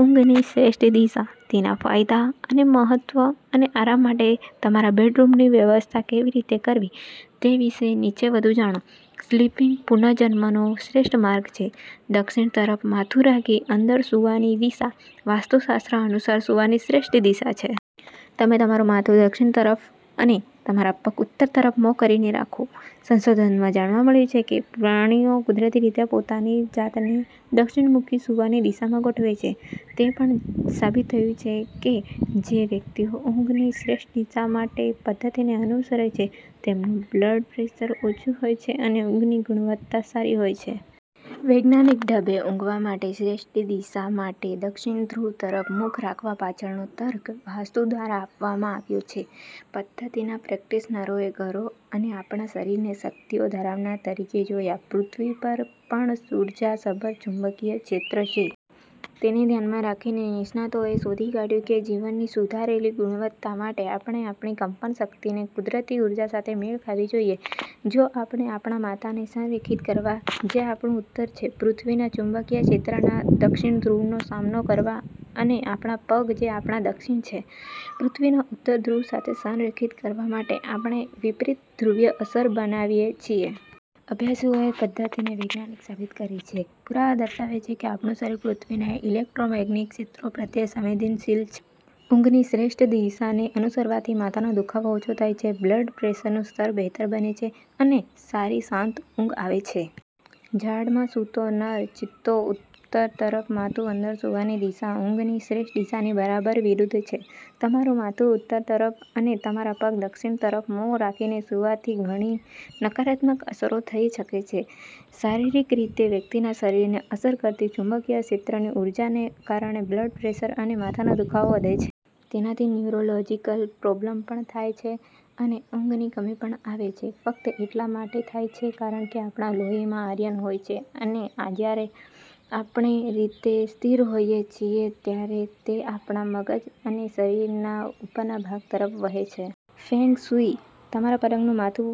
ઊંઘની શ્રેષ્ઠ દિશા, તેના ફાયદા અને મહત્વ અને આરામ માટે તમારા બેડરૂમની વ્યવસ્થા કેવી રીતે કરવી તે વિશે નીચે વધુ જાણો. સ્લીપિંગ પુનર્જીવનનો શ્રેષ્ઠ માર્ગ છે. દક્ષિણ તરફ માથું રાખી અંદર સૂવાની દિશા વાસ્તુશાસ્ત્ર અનુસાર સૂવાની શ્રેષ્ઠ દિશા છે. તમે તમારું માથું દક્ષિણ તરફ અને તમારા પગ ઉત્તર તરફ મોં કરીને રાખો. સંશોધનમાં જાણવા મળ્યું છે કે પ્રાણીઓ કુદરતી રીતે પોતાની જાતને દક્ષિણ-મુખી સૂવાની દિશામાં ગોઠવે છે. તે પણ સાબિત થયું છે કે જે વ્યક્તિઓ ઊંઘની શ્રેષ્ઠ દિશા માટેપદ્ધતિને અનુસરે છે તેમનું બ્લડ પ્રેશર ઓછું હોય છે અને ઊંઘની ગુણવત્તા સારી હોય છે. વૈજ્ઞાનિક ઢબે ઊંઘવા માટે શ્રેષ્ઠ દિશા માટે દક્ષિણ ધ્રુવ તરફ મુખ રાખવા પાછળનો તર્ક વાસ્તુ દ્વારા આપવામાં આવ્યો છે. પદ્ધતિના પ્રેક્ટિશનરોએ ઘરો અને આપણા શરીરને શક્તિઓ ધરાવનાર તરીકે જોયા. પૃથ્વી પર પણ ઊર્જાસભર ચુંબકીય ક્ષેત્ર છે. તેને ધ્યાનમાં રાખીને, નિષ્ણાતોએ શોધી કાઢ્યું કેજીવનની સુધારેલી ગુણવત્તા માટે, આપણે આપણી કંપન શક્તિને કુદરતી ઊર્જા સાથે મેળ ખાવી જોઈએ. જો આપણે આપણા માથાને સંરેખિત કરવા જે આપણું ઉત્તર છે, પૃથ્વીના ચુંબકીય ક્ષેત્રના દક્ષિણ ધ્રુવનો સામનો કરવા અને આપણા પગ જે આપણા દક્ષિણ છે, પૃથ્વીના ઉત્તર ધ્રુવ સાથે સંરેખિત કરવા માટે, આપણે વિપરીત ધ્રુવીય અસર બનાવીએ છીએ. અભ્યાસુઓએ પદ્ધતિને વૈજ્ઞાનિક સાબિત કરી છે. પુરાવા દર્શાવે છે કે આપણું શરીર પૃથ્વીના ઇલેક્ટ્રોમેગ્નેટિક ક્ષેત્રો પ્રત્યે સંવેદનશીલ છે. ઊંઘની શ્રેષ્ઠ દિશાને અનુસરવાથી માથાનો દુખાવો ઓછો થાય છે, બ્લડ પ્રેશરનું સ્તર બહેતર બને છે અને સારી શાંત ઊંઘ આવે છે. ઝાડમાં સૂતો નર ચિત્તો ઉત્તર તરફ માથુંઅંદર સૂવાની દિશાઊંઘની શ્રેષ્ઠ દિશાની બરાબર વિરુદ્ધ છે. તમારું માથું ઉત્તર તરફ અને તમારા પગ દક્ષિણ તરફ મોં રાખીને સૂવાથી ઘણી નકારાત્મક અસરો થઈ શકે છે. શારીરિક રીતે, વ્યક્તિના શરીરને અસર કરતી ચુંબકીય ક્ષેત્રની ઊર્જાને કારણે બ્લડ પ્રેશર અને માથાનો દુખાવો વધે છે. તેનાથી ન્યુરોલોજિકલ પ્રોબ્લેમ પણ થાય છે અને ઊંઘની કમી પણ આવે છે. ફક્ત એટલા માટે થાય છે કારણ કે આપણા લોહીમાં આયર્ન હોય છે અને જ્યારે આપણેરીતે સ્થિત હોઈએ છીએ ત્યારે તે આપણા મગજ અને શરીરના ઉપરના ભાગ તરફ વહે છે. ફેંગશુઈ તમારા પલંગનું માથું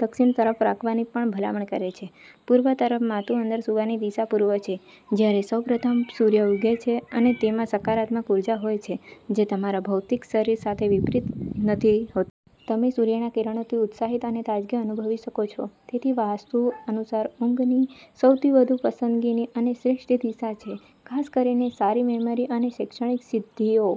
દક્ષિણ તરફ રાખવાની પણ ભલામણ કરે છે. પૂર્વ તરફ માથુંઅંદર સૂવાની દિશા પૂર્વછે જ્યાં સૌપ્રથમ સૂર્ય ઉગે છે અને તેમાં સકારાત્મક ઉર્જા હોય છે જે તમારા ભૌતિક શરીર સાથે વિપરીત નથી હોતી. તમે સૂર્યના કિરણોથી ઉત્સાહિત અને તાજગી અનુભવી શકો છો. તેથી, વાસ્તુ અનુસાર ઊંઘની સૌથી વધુ પસંદગીની અને શ્રેષ્ઠ દિશા છે. ખાસ કરીને સારી મેમરી અને શૈક્ષણિક સિદ્ધિઓ